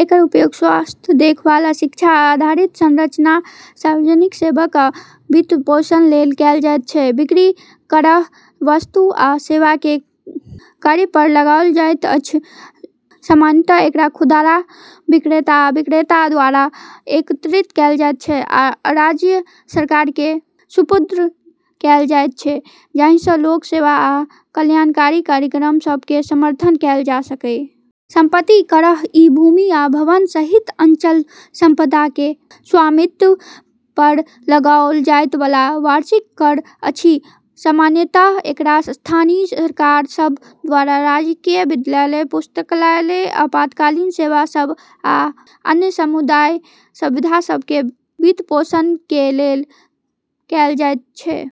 एकर उपयोग स्वास्थ्य देखभाल, शिक्षा, आ आधारिक संरचना जेना सार्वजनिक सेवा सभक वित्तपोषण लेल कएल जाइत छै। बिक्री कर: वस्तु आ सेवा के क्रय पर लगाओल जाइत अछि, सामान्यतः एकरा खुदरा विक्रेता आ विक्रेता द्वारा एकत्रित कएल जाइत छै आ राज्य सरकार के सुपुर्द कएल जाइत छै, जाहि सँ लोक सेवा आ कल्याणकारी कार्यक्रम सभ के समर्थन कएल जा सकय। संपत्ति कर: ई भूमि आ भवन सहित अचल संपदा के स्वामित्व पर लगाओल जाइत वाला वार्षिक कर अछि। सामान्यतः एकरा स्थानीय सरकार सभ द्वारा राजकीय विद्यालय, पुस्तकालय, आपातकालीन सेवा सभ, आ अन्य सामुदायिक सुविधा सभ के वित्तपोषण के लेल कएल जाइत छै।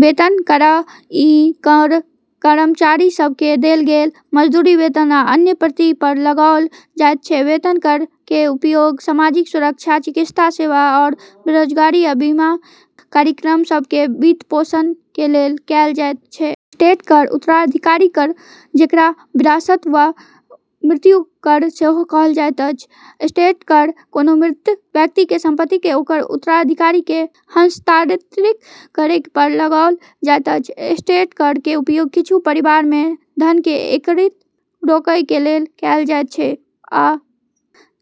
वेतन कर: ई कर कर्मचारी सभ के देल गेल मजदूरी, वेतन, आ अन्य प्रतिकर पर लगाओल जाइत छै। वेतन कर के उपयोग सामाजिक सुरक्षा, चिकित्सा सेवा, आ बेरोजगारी बीमा कार्यक्रम सभ के वित्तपोषण के लेल कएल जाइत छै। एस्टेट कर (उत्तराधिकार कर): जेकरा विरासत वा मृत्यु कर सेहो कहल जाइत अछि, एस्टेट कर कोनो मृत व्यक्ति के संपत्ति के ओकर उत्तराधिकारी के हस्तांतरित करय पर लगाओल जाइत अछि। एस्टेट कर के उपयोग किछु परिवार सभ में धन के एकाग्रता रोकय के लेल कएल जाइत छै, आ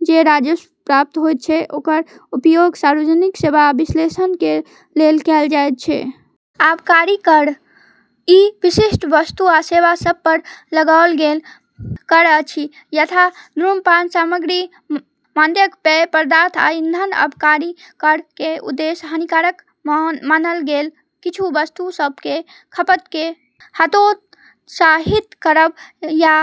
जे राजस्व प्राप्त होइत छै ओकर उपयोग सार्वजनिक सेवा के वित्तपोषण के लेल कएल जाइत छै। आबकारी कर: ई विशिष्ट वस्तु आ सेवा सभ पर लगाओल गेल कर अछि, यथा धूम्रपान सामग्री, मादक पेय पदार्थ, आ ईंधन। आबकारी कर के उद्देश्य हानिकारक मानल गेल किछु वस्तु सभ के खपत के हतोत्साहित करब वा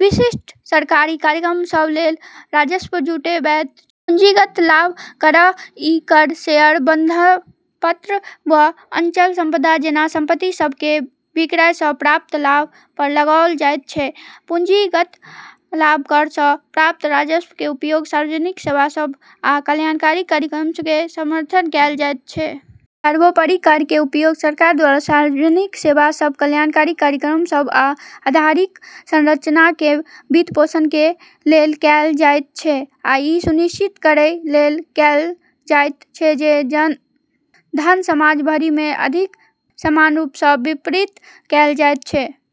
विशिष्ट सरकारी कार्यक्रम सभ लेल राजस्व जुटबैत छै। पूंजीगत लाभ कर: ई कर शेयर, बंधपत्र, वा अचल संपदा जेना संपत्ति सभ के विक्रय सँ प्राप्त लाभ पर लगाओल जाइत छै। पूंजीगत लाभ कर सँ प्राप्त राजस्व के उपयोग सार्वजनिक सेवा सभ आ कल्याणकारी कार्यक्रम सभ के समर्थन में कएल जाइत छै। सर्वोपरि, कर के उपयोग सरकार द्वारा सार्वजनिक सेवा सभ, कल्याणकारी कार्यक्रम सभ, आ आधारिक संरचना के वित्तपोषण के लेल कएल जाइत छै, आ ई सुनिश्चित करय लेल कएल जाइत छै जे धन समाज भरिमे अधिक समान रूप सँ वितरित कयल जाइत छै।